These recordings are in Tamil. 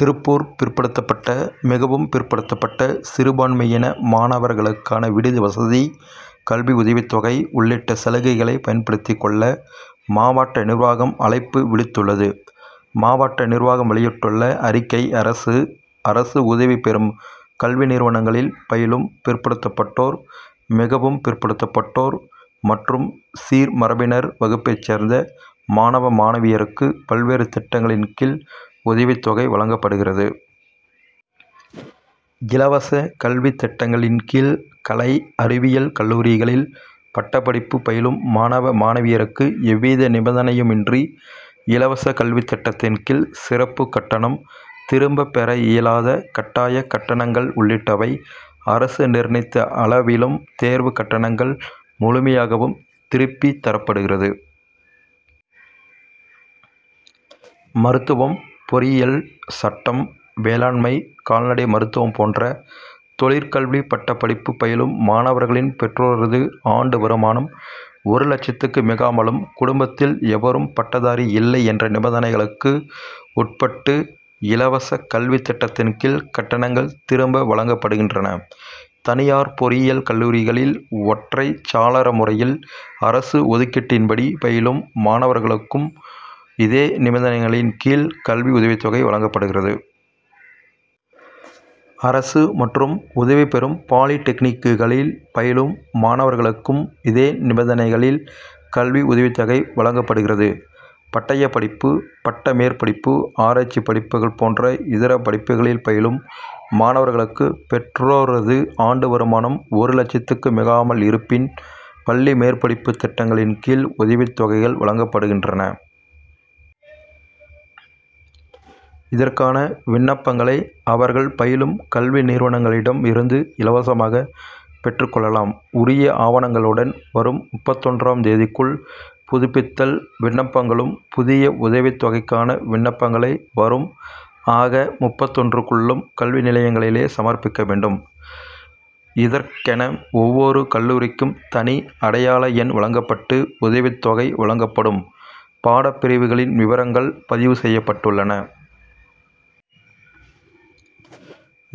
திருப்பூர் பிற்படுத்தப்பட்ட, மிகவும் பிற் படுத்தப்பட்ட, சிறுபான்மையின மாணவர் களுக்கான விடுதி வசதி, கல்வி உதவித்தொகை உள்ளிட்ட சலுகைகளை பயன்படுத்திக் கொள்ள, மாவட்ட நிர்வாகம் அழைப்பு விடுத்துள்ளது. மாவட்ட நிர்வாகம் வெளியிட்டுள்ள அறிக்கை அரசு, அரசு உதவி பெறும் கல்வி நிறுவனங்களில் பயிலும் பிற்படுத்தப் பட்டோர், மிகவும் பிற்படுத்தப்பட்டோர் மற்றும் சீர்மரபினர் வகுப்பைச் சேர்ந்த மாணவ, மாணவியருக்கு பல்வேறு திட்டங்களின் கீழ் உதவித்தொகை வழங்கப்படுகிறது. இலவச கல்வி திட்டங்களின் கீழ் கலை அறிவியல் கல்லூரிகளில் பட்டப்படிப்பு பயிலும் மாணவ, மாணவியருக்கு எவ்வித நிபந்தனையும் இன்றி, இலவச கல்வி திட்டத்தின் கீழ் சிறப்பு கட்டணம், திரும்ப பெற இயலாத கட்டாய கட்டணங் கள் உள்ளிட்டவை அரசு நிர்ணயித்த அள விலும், தேர்வு கட்டணங்கள் முழுமை யாகவும் திருப்பித் தரப்படுகிறது. மருத்துவம், பொறியியல், சட்டம், வேளாண்மை, கால்நடை மருத்துவம் போன்ற தொழிற்கல்வி பட்டப்படிப்பு பயிலும் மாணவர்களின் பெற்றோரது ஆண்டு வருமானம் ஒரு லட்சத்துக்கு மிகாமலும்; குடும்பத்தில் எவரும் பட்டதாரி இல்லை என்ற நிபந்தனை களுக்கு உட்பட்டு இலவச கல்வி திட்டத்தின் கீழ் கட்டணங்கள் திரும்ப வழங்கப்படுகின்றன. தனியார் பொறியியல் கல்லூரிகளில் ஒற்றைச் சாளர முறையில் அரசு ஒதுக் கீட்டின்படி பயிலும் மாணவர்களுக்கும் இதே நிபந்தனைகளின் கீழ் கல்வி உதவித்தொகை வழங்கப்படுகிறது. அரசு மற்றும் உதவி பெறும் பாலிடெக்னிக்கு களில் பயிலும் மாணவர்களுக்கும் இதே நிபந்தனைகளில் கல்வி உதவித்தொகை வழங்கப்படுகிறது. பட்டயப்படிப்பு, பட்ட மேற்படிப்பு, ஆராய்ச்சிப்படிப்புகள் போன்ற இதர படிப்புகளில் பயிலும் மாணவர்களுக்கு பெற்றோரது ஆண்டு வருமானம் ஒரு லட்சத்துக்கு மிகாமல் இருப்பின், பள்ளி மேற்படிப்பு திட்டங்களின் கீழ் உதவித் தொகைகள் வழங்கப்படுகின்றன. இதற்கான விண்ணப்பங்களை, அவர் கள் பயிலும் கல்வி நிறுவனங்களிடம் இருந்து இலவசமாக பெற்றுக் கொள்ள லாம். உரிய ஆவணங்களுடன் வரும் முப்பத்தொன்றாம் தேதிக்குள் புதுப்பித்தல் விண்ணப்பங் களும்; புதிய உதவித்தொகைக்கான விண்ணப்பங்களை வரும் ஆக., முப்பத்தொன்றுக்குள்ளும் கல்வி நிலையங்களிலேயே சமர்ப்பிக்க வேண்டும். இதற்கென ஒவ்வொரு கல்லூரிக்கும் தனி அடை யாள எண் வழங்கப்பட்டு உதவித்தொகை வழங்கப்படும் பாடப்பிரிவுகளின் விவரங்கள் பதிவு செய்யப்பட்டுள்ளன.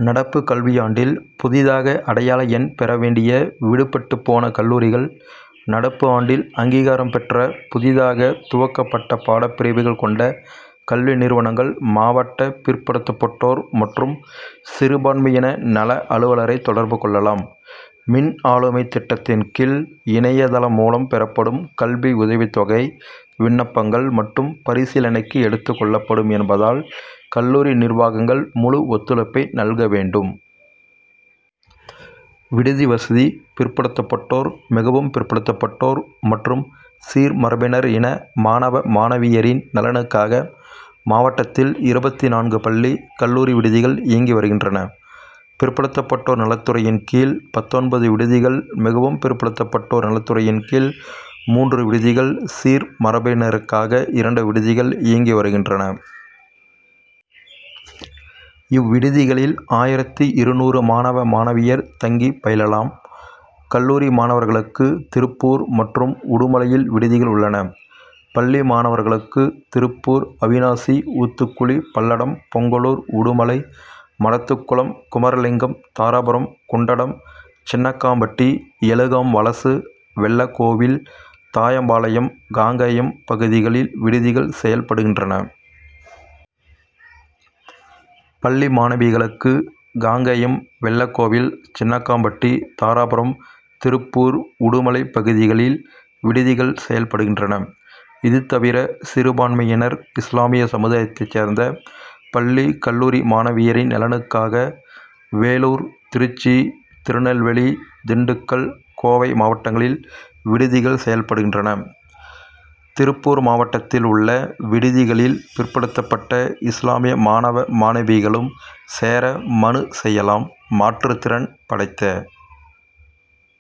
நடப்பு கல்வியாண்டில் புதிதாக அடையாள எண் பெற வேண்டிய, விடுபட்டுப் போன கல்லூரிகள், நடப்பு ஆண்டில் அங்கீகாரம் பெற்ற புதிதாக துவக்கப்பட்ட பாடப்பிரிவுகள் கொண்ட கல்வி நிறுவனங்கள் மாவட்ட பிற் படுத்தப்பட்டோர் மற்றும் சிறு பான்மையின நல அலுவலரைத் தொடர்பு கொள்ளலாம். மின் ஆளுமைத் திட்டத்தின் கீழ், இணைய தளம்மூலம் பெறப்படும் கல்வி உதவித்தொகை விண்ணப்பங்கள் மட்டும் பரிசீலனைக்கு எடுத்துக் கொள்ளப்படும் என்பதால், கல்லூரி நிர்வாகங்கள் முழு ஒத்துழைப்பை நல்க வேண்டும். விடுதி வசதி பிற்படுத்தப்பட்டோர், மிகவும் பிற்படுத்தப்பட்டோர் மற்றும் சீர்மரபினர் இன மாணவ, மாணவியரின் நலனுக்காக மாவட்டத்தில் இருபத்து நான்கு பள்ளி, கல்லூரி விடுதிகள் இயங்கி வருகின்றன. பிற்படுத்தப்பட்டோர் நலத்துறையின் கீழ் பத்தொன்பது விடுதிகள்; மிகவும் பிற்படுத்தப் பட்டோர் நலத்துறையின் கீழ் மூன்று விடுதிகள்; சீர்மரபினருக்காக இரண்டு விடுதிகள் இயங்கி வருகின்றன. இவ் விடுதிகளில் ஆயிரத்து இருநூறு மாணவ, மாணவியர் தங்கிப் பயிலலாம். கல்லூரி மாணவர்களுக்கு, திருப்பூர் மற்றும் உடுமலையில் விடுதிகள் உள்ளன. பள்ளி, மாணவர்களுக்கு திருப்பூர், அவிநாசி, ஊத்துக்குளி, பல்லடம், பொங்கலூர், உடுமலை, மடத்துக்குளம், குமரலிங்கம், தாராபுரம், குண்டடம், சின்னக்காம்பட்டி, எலுகாம்வலசு, வெள்ளகோவில், தாயம்பாளையம், காங்கயம் பகுதிகளில் விடுதிகள் செயல் படுகின்றன. பள்ளி மாணவிகளுக்கு காங்கயம், வெள்ளகோவில், சின்னக்காம் பட்டி, தாராபுரம், திருப்பூர், உடுமலை பகுதிகளில் விடுதிகள் செயல்படுகின்றன. இதுதவிர, சிறுபான்மையினர் இஸ்லாமிய சமுதாயத்தை சேர்ந்த பள்ளி, கல்லூரி மாணவியரின் நலனுக்காக வேலூர், திருச்சி, திருநெல்வேலி, திண்டுக்கல், கோவை மாவட்டங்களில் விடுதிகள் செயல்படுகின்றன. திருப்பூர் மாவட்டத்தில் உள்ள விடுதி களில் பிற்படுத்தப்பட்ட இஸ்லாமிய மாணவ, மாணவிகளும் சேர மனு செய்யலாம். மாற்றுத்திறன் படைத்த